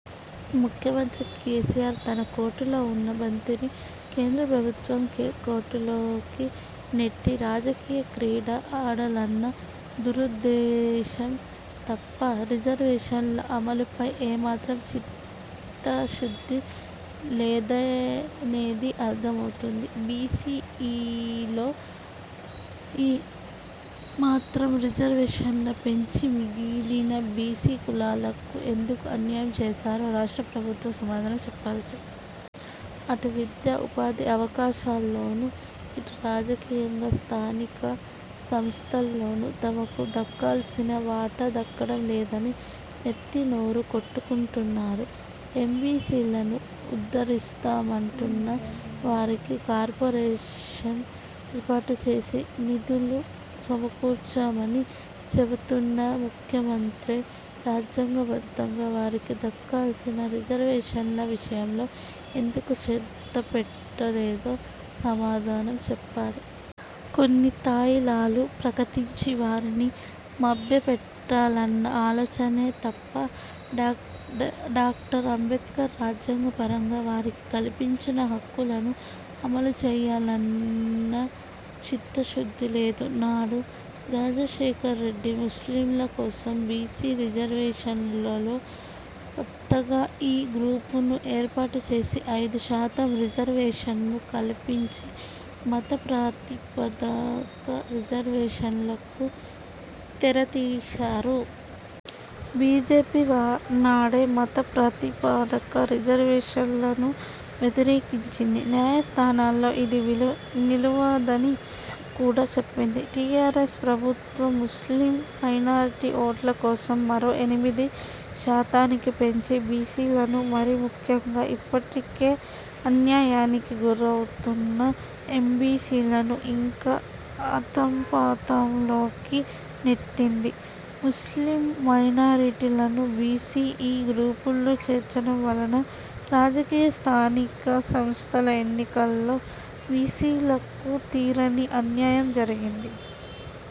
ముఖ్యమంత్రి కేసీఆర్ తన కోర్టులో ఉన్న బంతిని కేంద్ర ప్రభుత్వం కోర్టులోకి నెట్టి రాజకీయ క్రీడ ఆడాలన్న దురుద్దేశం తప్పా రిజర్వేషన్ల అమలుపై ఏమాత్రం చిత్తశుద్ధి లేదనేది అర్థం అవుతుంది. బీసీ–-ఈలో మాత్రం రిజర్వేషన్లు పెంచి మిగిలిన బీసీ కులాలకు ఎందుకు అన్యాయం చేశారో రాష్ట్ర ప్రభుత్వం సమాధానం చెప్పాలి. అటు విద్యా, ఉపాధి అవకాశాల్లోనూ ఇటు రాజకీయంగా స్థానిక సంస్థల్లోనూ తమకు దక్కాల్సిన వాటా దక్కడం లేదని నెత్తినోరు కొట్టుకుంటున్నారు. ఎంబీసీలను ఉద్ధరిస్తామంటున్న, వారికి కార్పోరేషన్ ఏర్పాటు చేసి నిధులు సమకూర్చామని చెబుతున్న ముఖ్యమంత్రి రాజ్యాంగబద్ధంగా వారికి దక్కాల్సిన రిజర్వేషన్ల విషయంలో ఎందుకు శ్రద్ధపెట్టలేదో సమాధానం చెప్పాలి. కొన్ని తాయిలాలు ప్రకటించి వారిని మభ్యపెట్టాలన్న ఆలోచనే తప్ప డాక్టర్ అంబేడ్కర్ రాజ్యాంగపరంగా వారికి కల్పించిన హక్కులను అమలుచేయాలన్న చిత్తశుద్ధి లేదు. నాడు రాజశేఖర్ రెడ్డి ముస్లింల కోసం బీసీ రిజర్వేషన్లలో కొత్తగా ఈ-–గ్రూపును ఏర్పాటుచేసి ఐదు శాతం రిజర్వేషన్ను కల్పించి మతప్రాతిపదిక రిజర్వేషన్లకు తెరతీశారు. బీజేపీ నాడే మత ప్రాతిపదిక రిజర్వేషన్లను వ్యతిరేకించింది. న్యాయస్థానాల్లో ఇది నిలువదని కూడా చెప్పింది. టీఆర్ఎస్ ప్రభుత్వం ముస్లిం మైనార్టీ ఓట్ల కోసం మరో ఎనిమిది శాతానికి పెంచి బీసీలను, మరీ ముఖ్యంగా ఇప్పటికే అన్యాయానికి గురౌతున్న ఎంబీసీలను ఇంకా అథఃపాతాళంలోకి నెట్టింది. ముస్లిం మైనార్టీలను బీసీ-–ఈ గ్రూపులో చేర్చడం వలన రాజకీయ స్థానిక సంస్థల ఎన్నికల్లో బీసీలకు తీరని అన్యాయం జరిగింది.